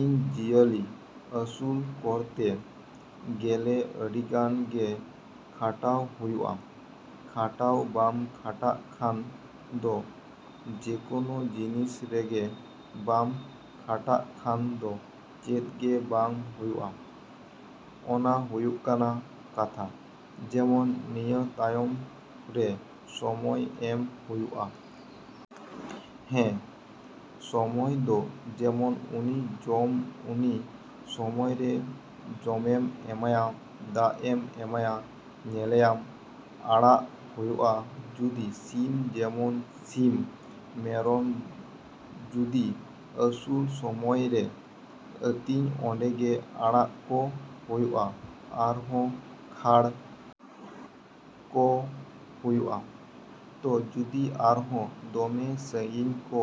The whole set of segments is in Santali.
‎ᱤᱧ ᱡᱤᱭᱟᱹᱞᱤ ᱟᱹᱥᱩᱞ ᱠᱚᱨᱛᱮ ᱜᱮᱞᱮ ᱟᱹᱰᱤᱜᱟᱱ ᱜᱮ ᱠᱷᱟᱴᱟᱣ ᱦᱩᱭᱩᱜᱼᱟ᱾ ᱠᱷᱟᱴᱟᱣ ᱵᱟᱢ ᱠᱷᱟᱴᱟᱜ ᱠᱷᱟᱱ ᱫᱚ ᱡᱮᱠᱚᱱᱚ ᱡᱤᱱᱤᱥ ᱨᱮᱜᱮ ᱵᱟᱢ ᱠᱷᱟᱴᱟᱜ ᱠᱷᱟᱱ ᱫᱚ ᱪᱮᱫ ᱜᱮ ᱵᱟᱝ ᱦᱩᱭᱩᱜᱼᱟ᱾ ᱚᱱᱟ ᱦᱩᱭᱩᱜ ᱠᱟᱱᱟ ᱠᱟᱛᱷᱟ᱾ ᱡᱮᱢᱚᱱ ᱱᱤᱭᱟᱹ ᱛᱟᱭᱚᱢ ᱨᱮ ᱥᱚᱢᱚᱭ ᱮᱢ ᱦᱩᱭᱩᱜᱼᱟ᱾ ᱦᱮᱸ, ᱥᱚᱢᱚᱭ ᱫᱚ ᱡᱮᱢᱚᱱ ᱩᱱᱤ ᱡᱚᱢ ᱩᱱᱤ ᱥᱚᱢᱚᱭ ᱨᱮ ᱡᱚᱢᱮᱢ ᱮᱢᱟᱭᱟ, ᱫᱟᱜ ᱮᱢ ᱮᱢᱟᱭᱟ, ᱧᱮᱞᱮᱭᱟᱢ, ᱟᱲᱟᱜ ᱦᱩᱭᱩᱜᱼᱟ᱾ ᱡᱩᱫᱤ ᱥᱤᱢ ᱡᱮᱢᱚᱱ ᱥᱤᱢ ᱢᱮᱨᱚᱢ ᱡᱩᱫᱤ ᱟᱹᱥᱩᱞ ᱥᱚᱢᱚᱭ ᱨᱮ ᱟᱹᱛᱤᱧ ᱚᱸᱰᱮ ᱜᱮ ᱟᱲᱟᱜ ᱠᱚ ᱦᱩᱭᱩᱜᱼᱟ ᱟᱨᱦᱚᱸ ᱠᱷᱟ.ᱲ ᱠᱚ ᱦᱩᱭᱩᱜᱼᱟ᱾ ᱛᱚ ᱡᱩᱫᱤ ᱟᱨᱦᱚᱸ ᱫᱚᱢᱮ ᱥᱟᱺᱜᱤᱧ ᱠᱚ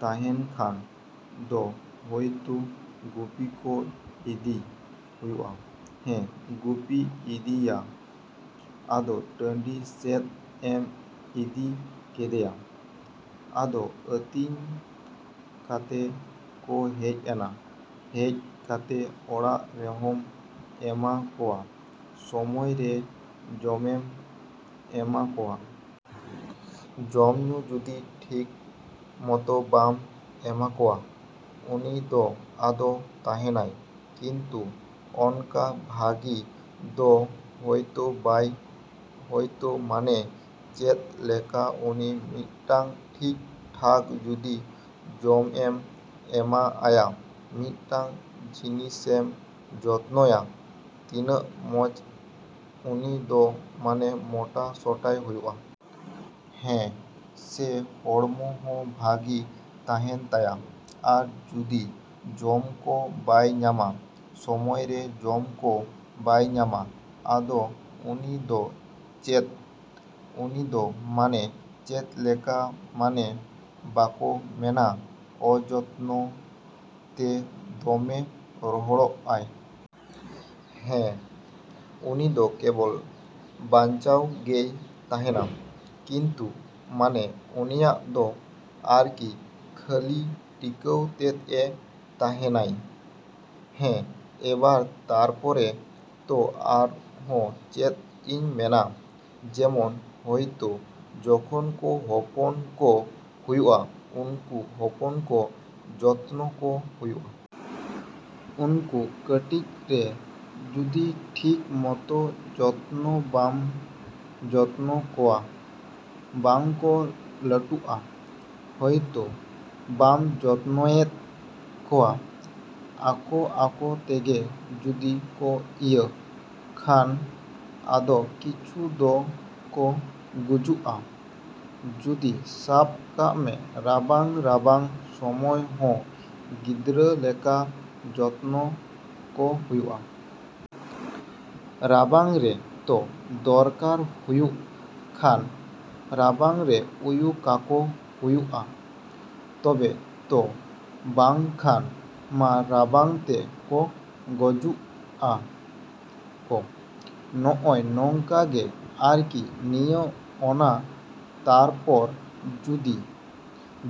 ᱛᱟᱦᱮᱱ ᱠᱷᱟᱱ ᱫᱚ ᱦᱚᱭᱛᱚ ᱜᱩᱯᱤ ᱦᱚᱸ ᱤᱫᱤᱭ ᱦᱩᱭᱩᱜᱼᱟ᱾ ᱦᱮᱸ, ᱜᱩᱯᱤᱢ ᱤᱫᱤᱭᱟ᱾ ᱟᱫᱚ ᱴᱟᱺᱰᱤ ᱥᱮᱫ ᱮᱢ ᱤᱫᱤ ᱠᱮᱫᱮᱭᱟ᱾ ᱟᱫᱚ ᱟᱹᱛᱤᱧ ᱠᱟᱛᱮ ᱠᱚ ᱦᱮᱡ ᱮᱱᱟ᱾ ᱦᱮᱡ ᱠᱟᱛᱮ ᱚᱲᱟᱜ ᱨᱮᱦᱚᱸᱢ ᱮᱢᱟ ᱠᱚᱣᱟ, ᱥᱚᱢᱚᱭ ᱨᱮ ᱡᱚᱢᱮᱢ ᱮᱢᱟ ᱠᱚᱣᱟ᱾ ᱡᱚᱢᱼᱧᱩ ᱡᱩᱫᱤ ᱴᱷᱤᱠ ᱢᱚᱛᱚ ᱵᱟᱢ ᱮᱢᱟ ᱠᱚᱣᱟ, ᱩᱱᱤ ᱫᱚ ᱟᱫᱚ ᱛᱟᱦᱮᱱᱟᱭ ᱠᱤᱱᱛᱩ ᱚᱱᱠᱟ ᱵᱷᱟᱹᱜᱤ ᱫᱚ ᱦᱚᱭᱛᱚ ᱵᱟᱭ ᱦᱚᱭᱛᱚ ᱢᱟᱱᱮ ᱪᱮᱫ ᱞᱮᱠᱟ ᱩᱱᱤ ᱢᱤᱫᱴᱟᱝ ᱴᱷᱤᱠ ᱴᱷᱟᱠ ᱡᱩᱫᱤ ᱡᱚᱢᱮᱢ ᱮᱢᱟ ᱟᱭᱟ, ᱢᱤᱫᱴᱟᱝ ᱡᱤᱱᱤᱥᱮᱢ ᱡᱚᱛᱱᱚᱭᱟ, ᱛᱤᱱᱟᱹᱜ ᱢᱚᱡᱽ ᱩᱱᱤ ᱫᱚ ᱢᱟᱱᱮ ᱢᱚᱴᱟᱥᱚᱴᱟᱭ ᱦᱩᱭᱩᱜᱼᱟ᱾ ᱦᱮᱸ ᱥᱮ ᱦᱚᱲᱢᱚ ᱦᱚᱸ ᱵᱷᱟᱹᱜᱤ ᱛᱟᱦᱮᱱ ᱛᱟᱭᱟ᱾ ᱟᱨ ᱡᱩᱫᱤ ᱡᱚᱢ ᱠᱚ ᱵᱟᱭ ᱧᱟᱢᱟ, ᱥᱚᱢᱚᱭ ᱨᱮ ᱡᱚᱢ ᱠᱚ ᱵᱟᱭ ᱧᱟᱢᱟ, ᱟᱫᱚ ᱩᱱᱤ ᱫᱚ ᱪᱮᱫ? ᱩᱱᱤ ᱫᱚ ᱢᱟᱱᱮ ᱪᱮᱫ ᱞᱮᱠᱟ ᱢᱟᱱᱮ ᱵᱟᱠᱚ ᱢᱮᱱᱟ ᱚᱡᱚᱛᱱᱚ ᱛᱮ ᱫᱚᱢᱮ ᱨᱚᱦᱚᱲᱚᱜᱼᱟᱭ᱾ ᱦᱮᱸ, ᱩᱱᱤ ᱫᱚ ᱠᱮᱵᱚᱞ ᱵᱟᱧᱪᱟᱣ ᱜᱮᱭ ᱛᱟᱦᱮᱱᱟ ᱠᱤᱱᱛᱩ ᱢᱟᱱᱮ ᱩᱱᱤᱭᱟᱜ ᱫᱚ ᱟᱨᱠᱤ ᱠᱷᱟᱹᱞᱤ ᱴᱤᱠᱟᱹᱣ ᱛᱮᱫ ᱮ ᱛᱟᱦᱮᱱᱟᱭ᱾ ᱦᱮᱸ, ᱮᱵᱟᱨᱮ ᱛᱟᱨᱯᱚᱨᱮ ᱛᱚ ᱟᱨᱦᱚᱸ ᱪᱮᱫ ᱤᱧ ᱢᱮᱱᱟ ᱡᱮᱢᱚᱱ ᱦᱚᱭᱛᱚ ᱡᱚᱠᱷᱚᱱ ᱠᱚ ᱦᱚᱯᱚᱱ ᱠᱚ ᱦᱩᱭᱩᱜᱼᱟ, ᱩᱱᱠᱩ ᱦᱚᱯᱚᱱ ᱠᱚ ᱡᱚᱛᱱᱚ ᱠᱚ ᱦᱩᱭᱩᱜᱼᱟ᱾ ᱩᱱᱠᱩ ᱠᱟᱹᱴᱤᱡ ᱨᱮ ᱡᱩᱫᱤ ᱴᱷᱤᱠ ᱢᱚᱛᱚ ᱡᱚᱛᱱᱚ ᱵᱟᱢ ᱡᱚᱛᱱᱚ ᱠᱚᱣᱟ, ᱵᱟᱝ ᱠᱚ ᱞᱟᱹᱴᱩᱜᱼᱟ᱾ ᱦᱚᱭᱛᱚ ᱵᱟᱢ ᱡᱚᱛᱱᱚᱭᱮᱫ ᱠᱚᱣᱟ, ᱟᱠᱚ ᱟᱠᱚ ᱛᱮᱜᱮ ᱡᱩᱫᱤ ᱠᱚ ᱤᱭᱟᱹ ᱠᱷᱟᱱ ᱟᱫᱚ ᱠᱤᱪᱷᱩ ᱫᱚ ᱠᱚ ᱜᱩᱡᱩᱜᱼᱟ᱾ ᱡᱩᱫᱤ ᱥᱟᱵ ᱠᱟᱜ ᱢᱮ ᱨᱟᱵᱟᱝ ᱨᱟᱵᱟᱝ ᱥᱚᱢᱚᱭ ᱦᱚᱸ ᱜᱤᱫᱽᱨᱟᱹ ᱞᱮᱠᱟ ᱡᱚᱛᱱᱚ ᱠᱚ ᱦᱩᱭᱩᱜᱼᱟ᱾ ᱨᱟᱵᱟᱝ ᱨᱮ ᱛᱚ ᱫᱚᱨᱠᱟᱨ ᱦᱩᱭᱩᱜ ᱠᱷᱟᱱ ᱨᱟᱵᱟᱝ ᱨᱮ ᱩᱭᱩ ᱠᱟᱠᱚ ᱦᱩᱭᱩᱜᱼᱟ᱾ ᱛᱚᱵᱮ ᱛᱚ ᱵᱟᱝ ᱠᱷᱟᱱ ᱢᱟ ᱨᱟᱵᱟᱝ ᱛᱮ ᱠᱚ ᱜᱚᱡᱩᱜᱼᱟ ᱠᱚ᱾ ᱱᱚᱜᱼᱚᱭ ᱱᱚᱝᱠᱟ ᱜᱮ ᱟᱨᱠᱤ ᱱᱤᱭᱟᱹ ᱚᱱᱟ ᱛᱟᱨᱯᱚᱨ ᱡᱩᱫᱤ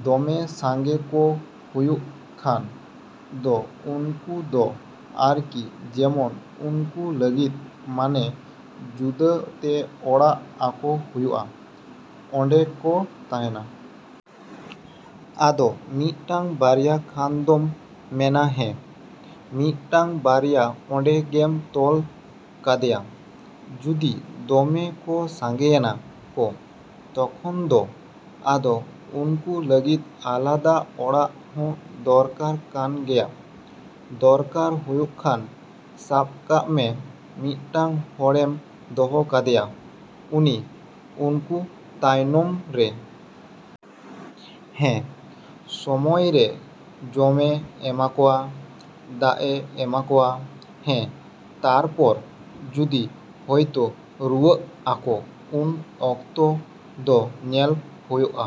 ᱫᱚᱢᱮ ᱥᱟᱸᱜᱮ ᱠᱚ ᱦᱩᱭᱩᱜ ᱠᱷᱟᱱ ᱫᱚ ᱩᱱᱠᱩ ᱫᱚ ᱟᱨᱠᱤ ᱡᱮᱢᱚᱱ ᱩᱱᱠᱩ ᱞᱟᱹᱜᱤᱫ ᱢᱟᱱᱮ ᱡᱩᱫᱟᱹ ᱛᱮ ᱚᱲᱟᱜ ᱟᱠᱚ ᱦᱩᱭᱩᱜᱼᱟ, ᱚᱸᱰᱮ ᱠᱚ ᱛᱟᱦᱮᱱᱟ᱾ ᱟᱫᱚ ᱢᱤᱫᱴᱟᱝ ᱵᱟᱨᱭᱟ ᱠᱷᱟᱱ ᱫᱚᱢ ᱢᱮᱱᱟ ᱦᱮᱸ, ᱢᱤᱫᱴᱟᱝ ᱵᱟᱨᱭᱟ ᱚᱸᱰᱮ ᱜᱮᱢ ᱛᱚᱞ ᱠᱟᱫᱮᱭᱟ᱾ ᱡᱩᱫᱤ ᱫᱚᱢᱮ ᱠᱚ ᱥᱟᱸᱜᱮᱭᱮᱱᱟ ᱠᱚ, ᱛᱚᱠᱷᱚᱱ ᱫᱚ ᱟᱫᱚ ᱩᱱᱠᱩ ᱞᱟᱹᱜᱤᱫ ᱟᱞᱟᱫᱟ ᱚᱲᱟᱜ ᱦᱚᱸ ᱫᱚᱨᱠᱟᱨ ᱠᱟᱱ ᱜᱮᱭᱟ᱾ ᱫᱚᱨᱠᱟᱨ ᱦᱩᱭᱩᱜ ᱠᱷᱟᱱ ᱥᱟᱵ ᱠᱟᱜ ᱢᱮ ᱢᱤᱫᱴᱟᱹᱝ ᱦᱚᱲᱮᱢ ᱫᱚᱦᱚ ᱠᱟᱫᱮᱭᱟ ᱩᱱᱤ ᱩᱱᱠᱩ ᱛᱟᱭᱱᱚᱢ ᱨᱮ᱾ ᱦᱮᱸ, ᱥᱚᱢᱚᱭ ᱨᱮ ᱡᱚᱢᱮ ᱮᱢᱟ ᱠᱚᱣᱟ, ᱫᱟᱜ ᱮ ᱮᱢᱟ ᱠᱚᱣᱟ᱾ ᱦᱮᱸ, ᱛᱟᱨᱯᱚᱨ ᱡᱩᱫᱤ ᱦᱚᱭᱛᱚ ᱨᱩᱣᱟᱹᱜ ᱟᱠᱚ ᱩᱱ ᱚᱠᱛᱚ ᱫᱚ ᱧᱮᱞ ᱦᱳᱭᱳᱜᱼᱟ᱾